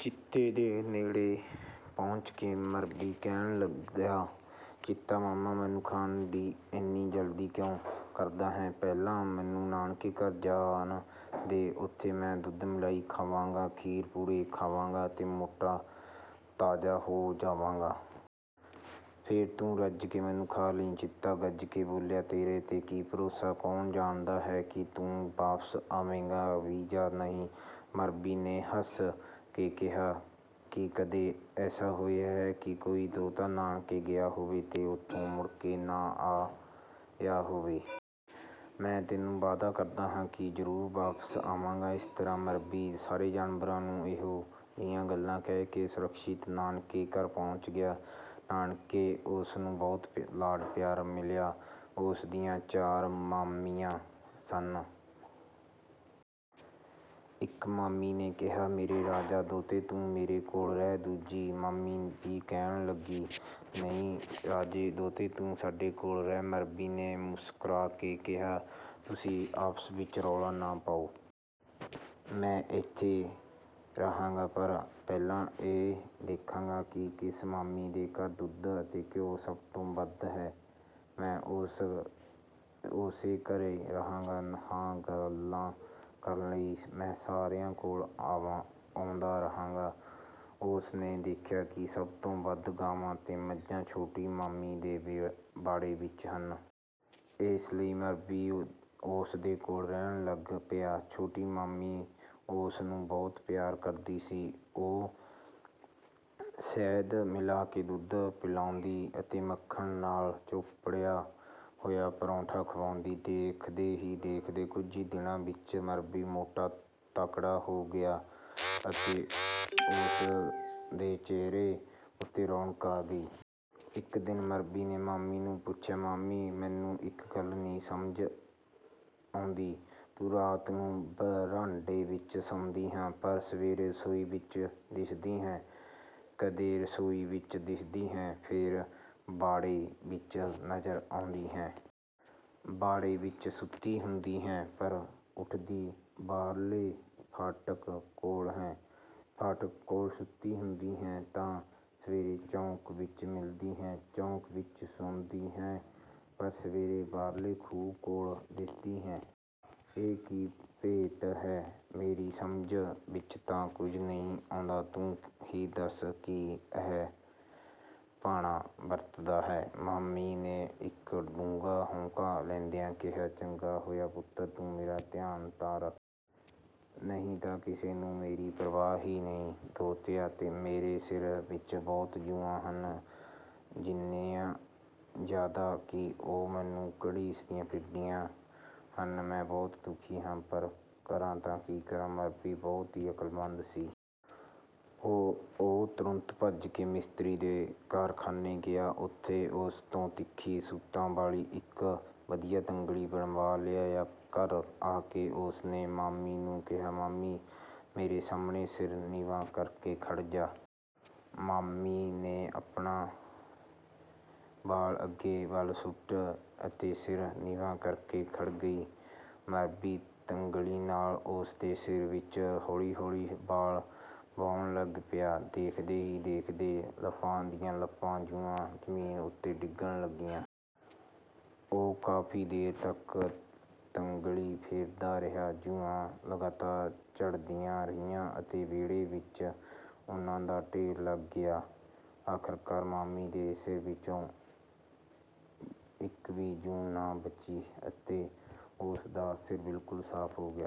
ਚੀਤੇ ਦੇ ਨੇੜੇ ਪਹੁੰਚ ਕੇ ਮਰੱਬੀ ਕਹਿਣ ਲੱਗਾ, "ਚੀਤੇ ਮਾਮਾ, ਮੈਨੂੰ ਖਾਣ ਦੀ ਇੰਨੀ ਜਲਦੀ ਕਿਉਂ ਕਰਦਾ ਹੈਂ? ਪਹਿਲਾਂ ਮੈਨੂੰ ਨਾਨਕੇ ਘਰ ਜਾਣ ਦੇ। ਉੱਥੇ ਮੈਂ ਦੁੱਧ-ਮਲਾਈ ਖਾਵਾਂਗਾ, ਖੀਰ-ਪੂੜੇ ਖਾਵਾਂਗਾ ਅਤੇ ਮੋਟਾ-ਤਾਜ਼ਾ ਹੋ ਜਾਵਾਂਗਾ। ਫਿਰ ਤੂੰ ਰੱਜ ਕੇ ਮੈਨੂੰ ਖਾ ਲਈਂ।" ਚੀਤਾ ਗੱਜ ਕੇ ਬੋਲਿਆ, "ਤੇਰਾ ਕੀ ਭਰੋਸਾ? ਕੌਣ ਜਾਣਦਾ ਹੈ ਕਿ ਤੂੰ ਵਾਪਸ ਆਵੇਂਗਾ ਵੀ ਜਾਂ ਨਹੀਂ?" ਮਰੱਬੀ ਨੇ ਹੱਸ ਕੇ ਕਿਹਾ, "ਕੀ ਕਦੇ ਐਸਾ ਹੋਇਆ ਹੈ ਕਿ ਕੋਈ ਦੋਹਤਾ ਨਾਨਕੇ ਗਿਆ ਹੋਵੇ ਤੇ ਉੱਥੋਂ ਮੁੜ ਕੇ ਨਾ ਆਇਆ ਹੋਵੇ? ਮੈਂ ਤੈਨੂੰ ਵਾਅਦਾ ਕਰਦਾ ਹਾਂ ਕਿ ਜ਼ਰੂਰ ਵਾਪਸ ਆਵਾਂਗਾ।" ਇਸ ਤਰ੍ਹਾਂ ਮਰੱਬੀ ਸਾਰੇ ਜਾਨਵਰਾਂ ਨੂੰ ਇਹੋ ਜਿਹੀ ਗੱਲ ਕਹਿ ਕੇ ਸੁਰੱਖਿਅਤ ਨਾਨਕੇ ਘਰ ਪਹੁੰਚ ਗਿਆ। ਨਾਨਕੇ ਉਸ ਨੂੰ ਬਹੁਤ ਲਾਡ-ਪਿਆਰ ਮਿਲਿਆ। ਉਸ ਦੀਆਂ ਚਾਰ ਮਾਮੀਆਂ ਸਨ। ਇੱਕ ਮਾਮੀ ਨੇ ਕਿਹਾ, "ਮੇਰੇ ਰਾਜੇ ਦੋਹਤੇ, ਤੂੰ ਮੇਰੇ ਕੋਲ ਰਹੀਂ।" ਦੂਜੀਆਂ ਮਾਮੀਆਂ ਵੀ ਕਹਿਣ ਲੱਗੀਆਂ, "ਨਹੀਂ, ਰਾਜੇ ਦੋਹਤੇ, ਤੂੰ ਸਾਡੇ ਕੋਲ ਰਹੀਂ।" ਮਰੱਬੀ ਨੇ ਮੁਸਕਰਾ ਕੇ ਕਿਹਾ, "ਤੁਸੀਂ ਆਪਸ ਵਿੱਚ ਰੌਲਾ ਨਾ ਪਾਓ। ਮੈਂ ਇੱਥੇ ਰਹਾਂਗਾ, ਪਰ ਪਹਿਲਾਂ ਇਹ ਦੇਖਾਂਗਾ ਕਿ ਕਿਸ ਮਾਮੀ ਦੇ ਘਰ ਦੁੱਧ ਅਤੇ ਘਿਉ ਸਭ ਤੋਂ ਵੱਧ ਹੈ। ਮੈਂ ਉਸੇ ਘਰ ਰਹਾਂਗਾ। ਹਾਂ, ਗੱਲਾਂ ਕਰਨ ਲਈ ਮੈਂ ਸਾਰਿਆਂ ਕੋਲ ਆਉਂਦਾ ਰਹਾਂਗਾ।" ਉਸ ਨੇ ਦੇਖਿਆ ਕਿ ਸਭ ਤੋਂ ਵੱਧ ਗਾਵਾਂ ਅਤੇ ਮੱਝਾਂ ਛੋਟੀ ਮਾਮੀ ਦੇ ਵਾੜੇ ਵਿੱਚ ਸਨ। ਇਸ ਲਈ ਮਰੱਬੀ ਉਸ ਦੇ ਕੋਲ ਰਹਿਣ ਲੱਗ ਪਿਆ। ਛੋਟੀ ਮਾਮੀ ਉਸ ਨੂੰ ਬਹੁਤ ਪਿਆਰ ਕਰਦੀ ਸੀ। ਉਹ ਸ਼ਹਿਦ ਮਿਲਾ ਕੇ ਦੁੱਧ ਪਿਲਾਂਦੀ ਅਤੇ ਮੱਖਣ ਨਾਲ ਚੋਪੜਿਆ ਹੋਇਆ ਪਰੌਂਠਾ ਖੁਆਉਂਦੀ। ਦੇਖਦੇ ਹੀ ਦੇਖਦੇ ਕੁਝ ਹੀ ਦਿਨਾਂ ਵਿੱਚ ਮਰੱਬੀ ਮੋਟਾ-ਤਾਜ਼ਾ ਹੋ ਗਿਆ ਅਤੇ ਉਸ ਦੇ ਚਿਹਰੇ ਉੱਤੇ ਰੌਣਕ ਆ ਗਈ। ਇੱਕ ਦਿਨ ਮਰੱਬੀ ਨੇ ਮਾਮੀ ਨੂੰ ਪੁੱਛਿਆ, "ਮਾਮੀ, ਮੈਨੂੰ ਇੱਕ ਗੱਲ ਦੀ ਸਮਝ ਨਹੀਂ ਆਉਂਦੀ। ਤੂੰ ਰਾਤ ਨੂੰ ਵਰਾਂਡੇ ਵਿੱਚ ਸੌਂਦੀ ਹੈਂ, ਪਰ ਸਵੇਰੇ ਰਸੋਈ ਵਿੱਚ ਦਿਸਦੀ ਹੈਂ। ਕਦੇ ਰਸੋਈ ਵਿੱਚ ਦਿਸਦੀ ਹੈਂ, ਫਿਰ ਵਾੜੇ ਵਿੱਚ ਨਜ਼ਰ ਆਉਂਦੀ ਹੈਂ। ਵਾੜੇ ਵਿੱਚ ਸੁੱਤੀ ਹੁੰਦੀ ਹੈਂ, ਪਰ ਉੱਠਦੀ ਬਾਹਰਲੇ ਫਾਟਕ ਕੋਲ ਹੈਂ। ਫਾਟਕ ਕੋਲ ਸੁੱਤੀ ਹੁੰਦੀ ਹੈਂ, ਤਾਂ ਸਵੇਰੇ ਚੌਂਕ ਵਿੱਚ ਮਿਲਦੀ ਹੈਂ। ਚੌਂਕ ਵਿੱਚ ਸੌਂਦੀ ਹੈਂ, ਪਰ ਸਵੇਰੇ ਬਾਹਰਲੇ ਖੂਹ ਕੋਲ ਦਿਸਦੀ ਹੈਂ। ਇਹ ਕੀ ਭੇਤ ਹੈ? ਮੇਰੀ ਸਮਝ ਵਿੱਚ ਤਾਂ ਕੁਝ ਨਹੀਂ ਆਉਂਦਾ। ਤੂੰ ਹੀ ਦੱਸ ਕਿ ਇਹ ਕੀ ਭਾਣਾ ਵਰਤਦਾ ਹੈ?"ਮਾਮੀ ਨੇ ਇੱਕ ਡੂੰਘਾ ਹਉਕਾ ਲੈਂਦਿਆਂ ਕਿਹਾ, "ਚੰਗਾ ਹੋਇਆ ਪੁੱਤਰ, ਤੂੰ ਮੇਰਾ ਧਿਆਨ ਤਾਂ ਰੱਖਦਾ ਹੈਂ। ਨਹੀਂ ਤਾਂ ਕਿਸੇ ਨੂੰ ਮੇਰੀ ਪਰਵਾਹ ਹੀ ਨਹੀਂ। ਦੋਹਤਿਆ, ਮੇਰੇ ਸਿਰ ਵਿੱਚ ਬਹੁਤ ਜੂੰਆਂ ਹਨ। ਇੰਨੀਆਂ ਜ਼ਿਆਦਾ ਕਿ ਉਹ ਮੈਨੂੰ ਘੜੀਸਦੀਆਂ ਫਿਰਦੀਆਂ ਹਨ। ਮੈਂ ਬਹੁਤ ਦੁਖੀ ਹਾਂ, ਪਰ ਕਰਾਂ ਤਾਂ ਕੀ ਕਰਾਂ?" ਮਰੱਬੀ ਬਹੁਤ ਹੀ ਅਕਲਮੰਦ ਸੀ। ਉਹ ਤੁਰੰਤ ਭੱਜ ਕੇ ਮਿਸਤਰੀ ਦੇ ਕਾਰਖਾਨੇ ਗਿਆ ਅਤੇ ਉਸ ਤੋਂ ਤਿੱਖੇ ਸੁਤਾਂ ਵਾਲੀ ਇੱਕ ਵਧੀਆ ਤੰਗਲੀ ਬਣਵਾ ਲਿਆਇਆ। ਘਰ ਆ ਕੇ ਉਸ ਨੇ ਮਾਮੀ ਨੂੰ ਕਿਹਾ, "ਮਾਮੀ, ਮੇਰੇ ਸਾਹਮਣੇ ਸਿਰ ਨੀਵਾਂ ਕਰਕੇ ਖੜ੍ਹ ਜਾ।" ਮਾਮੀ ਨੇ ਆਪਣੇ ਵਾਲ ਅੱਗੇ ਵੱਲ ਸੁੱਟੇ ਅਤੇ ਸਿਰ ਨੀਵਾਂ ਕਰਕੇ ਖੜ੍ਹ ਗਈ। ਮਰੱਬੀ ਤੰਗਲੀ ਨਾਲ ਉਸ ਦੇ ਸਿਰ ਵਿੱਚ ਹੌਲੀ-ਹੌਲੀ ਵਾਲ ਵਾਹੁਣ ਲੱਗ ਪਿਆ। ਵੇਖਦੇ ਹੀ ਵੇਖਦੇ ਲੱਪਾਂ ਦੀਆਂ ਲੱਪਾਂ ਜੂੰਆਂ ਜ਼ਮੀਨ ਉੱਤੇ ਡਿੱਗਣ ਲੱਗੀਆਂ। ਉਹ ਕਾਫ਼ੀ ਦੇਰ ਤੱਕ ਤੰਗਲੀ ਫੇਰਦਾ ਰਿਹਾ। ਜੂੰਆਂ ਲਗਾਤਾਰ ਝੜਦੀਆਂ ਰਹੀਆਂ ਅਤੇ ਵਿਹੜੇ ਵਿੱਚ ਉਨ੍ਹਾਂ ਦਾ ਢੇਰ ਲੱਗ ਗਿਆ। ਆਖ਼ਰਕਾਰ ਮਾਮੀ ਦੇ ਸਿਰ ਵਿੱਚ ਇੱਕ ਵੀ ਜੂੰਅ ਨਾ ਬਚੀ ਅਤੇ ਉਸ ਦਾ ਸਿਰ ਬਿਲਕੁਲ ਸਾਫ਼ ਹੋ ਗਿਆ।